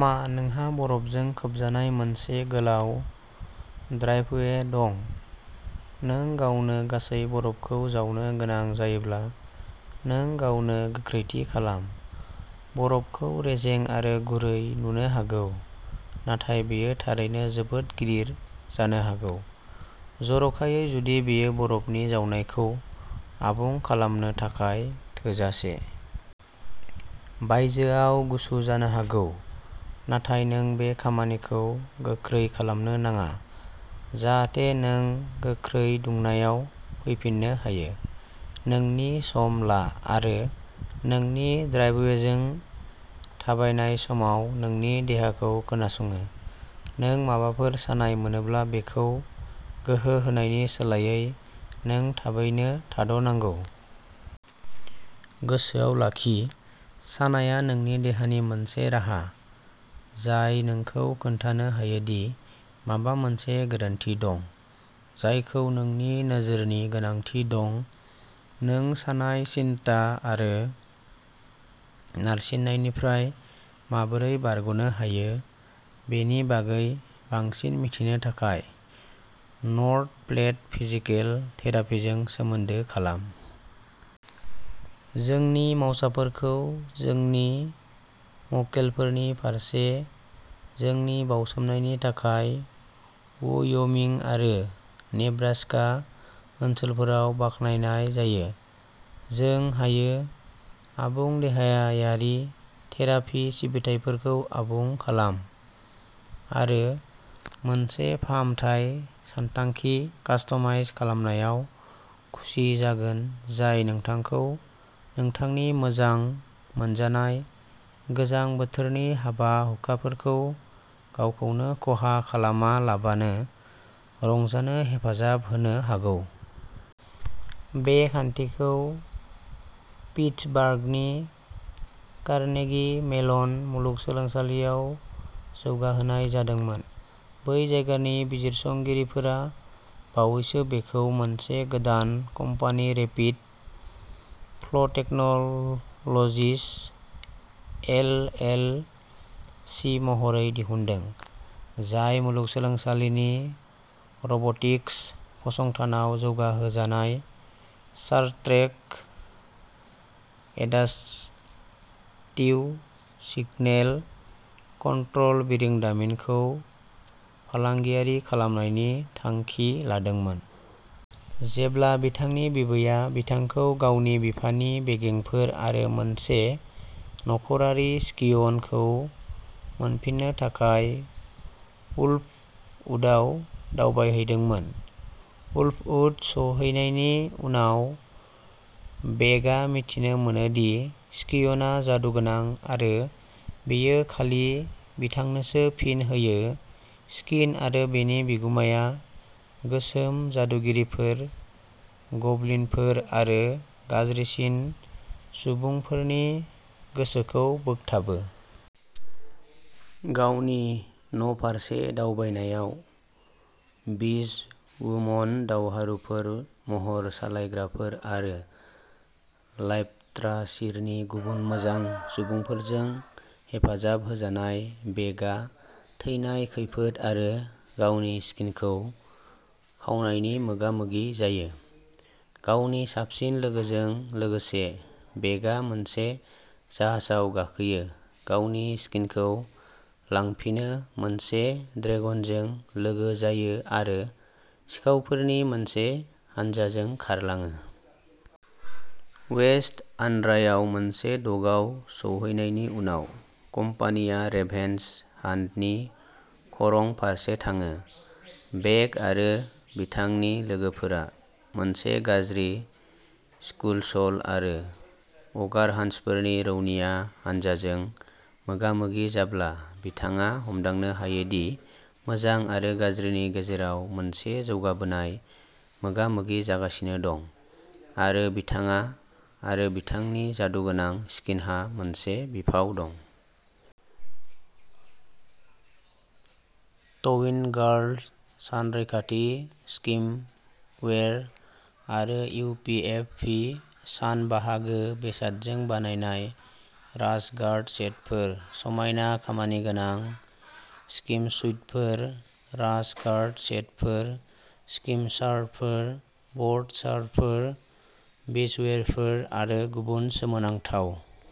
मा नोंहा बरफजों खोबजानाय मोनसे गोलाव ड्राइभवे दं? नों गावनो गासै बरफखौ जावनो गोनां जायोब्ला नों गावनो गोख्रैथि खालाम। बरफखौ रेजें आरो गुरै नुनो हागौ नाथाय बेयो थारैनो जोबोद गिलिर जानो हागौ। जर'खायै जुदि बेयो बरफनि जावनायखौ आबुं खालामनो थाखाय थोजासे। बायजोआव गुसु जानो हागौ नाथाय नों बे खामानिखौ गोख्रै खालामनो नाङा जाहाथे नों गोख्रै दुंनायाव फैफिननो हायो। नोंनि सम ला आरो नोंनि ड्राइभवेजों थाबायनाय समाव नोंनि देहाखौ खोनासङो। नों माबाफोर सानाय मोनोब्ला बेखौ गोहो होनायनि सोलायै नों थाबैनो थाद'नांगौ। गोसोआव लाखि सानाया नोंनि देहानि मोनसे राहा जाय नोंखौ खोन्थानो हायो दि माबा मोनसे गोरोन्थि दं। जायखौ नोंनि नोजोरनि गोनांथि दं नों सानाय सिनथा आरो नारसिननायनिफ्राय माबोरै बारग'नो हायो बेनि बागै बांसिन मिथिनो थाखाय नर्थ प्लेट फिजिकेल थेरापिजों सोमोन्दो खालाम। जोंनि मावसाफोरखौ जोंनि मक्केलफोरनि फारसे जोंनि बाउसोमनायनि थाखाय व'य'मिं आरो नेब्रास्का ओनसोलफोराव बाखनायनाय जायो। जों हायो। आबुं देहायारि थेरापि सिबिथाइफोरखौ आबुं खालाम आरो मोनसे फाहामथाय सानथांखि कास्टमाइज खालामनायाव खुसि जागोन जाय नोंथांखौ नोंथांनि मोजां मोनजानाय गोजां बोथोरनि हाबा-हुखाफोरखौ गावखौनो खहा खालामालाबानो रंजानो हेफाजाब होनो हागौ। बे खान्थिखौ पिटसबार्गनि कारनेगि मेलन मुलुगसोलोंसालियाव जौगाहोनाय जादोंमोन। बै जायगानि बिजिरसंगिरिफोरा बावैसो बेखौ मोनसे गोदान company rapid flow technologies L. L. C. महरै दिहुनदों। जाय मुलुगसोलोंसालिनि रब'टिक्स फसंथानाव जौगाहोजानाय सारट्रेक एडासथिउ सिगनेल कन्ट्र'ल बिरोंदामिनखौ फालांगियारि खालामनायनि थांखि लादोंमोन। जेब्ला बिथांनि बिबैया बिथांखौ गावनि बिफानि बेगेंफोर आरो मोनसे नख'रारि स्कियन खौ मोनफिननो थाखाय उल्फवुडआव दावबायहैदोंमोन। उल्फवुड सौहैनायनि उनाव बेकआ मिथिनो मोनो दि स्कियनआ जादुगोनां आरो बेयो खालि बिथांनोसो फिन होयो स्कीन आरो बेनि बिगुमाया गोसोम जादुगिरिफोर गब्लिनफोर आरो गाज्रिसिन सुबुंफोरनि गोसोखौ बोगथाबो। गावनि न'फारसे दावबायनायाव विजवुमन दावहारुफोर महर सोलायग्राफोर आरो लाइफथ्रासिरनि गुबुन मोजां सुबुंफोरजों हेफाजाब होजानाय बेकआ थैनाय खैफोद आरो गावनि स्कीनखौ खावनायनि मोगामोगि जायो। गावनि साबसिन लोगोजों लोगोसे बेकआ मोनसे जाहाजाव गाखोयो। गावनि स्कीनखौ लांफिनो मोनसे ड्रेगनजों लोगो जायो आरो सिखावफोरनि मोनसे हानजाजों खारलाङो। वेस्ट आर्न'रायाव मोनसे डकआव सौहैनायनि उनाव कम्पानिया रेभेन्स हान्टनि खरं फारसे थाङो। बेक आरो बिथांनि लोगोफोरा मोनसे गाज्रि स्कुलस'ल आरो अ'गारहान्चफोरनि रौनिया हानजाजों मोगा-मोगि जाब्ला बिथाङा हमदांनो हायो दि मोजां आरो गाज्रिनि गेजेराव मोनसे जौगाबोनाय मोगा-मोगि जागासिनो दं आरो बिथाङा आरो बिथांनि जादुगोनां स्कीनहा मोनसे बिफाव दं। टविन गार्ल सान रैखाथि स्किमवेर आरो इउ. पि. एफ. भि. सान बाहागो बेसादजों बानायनाय राश गार्ड सेटफोर। समायना खामानिगोनां स्किमसुइटफोर, राश गार्ड सेटफोर, स्किम शार्टफोर, बोर्ड शार्टफोर, बीचवेरफोर, आरो गुबुन सोमोनांथाव।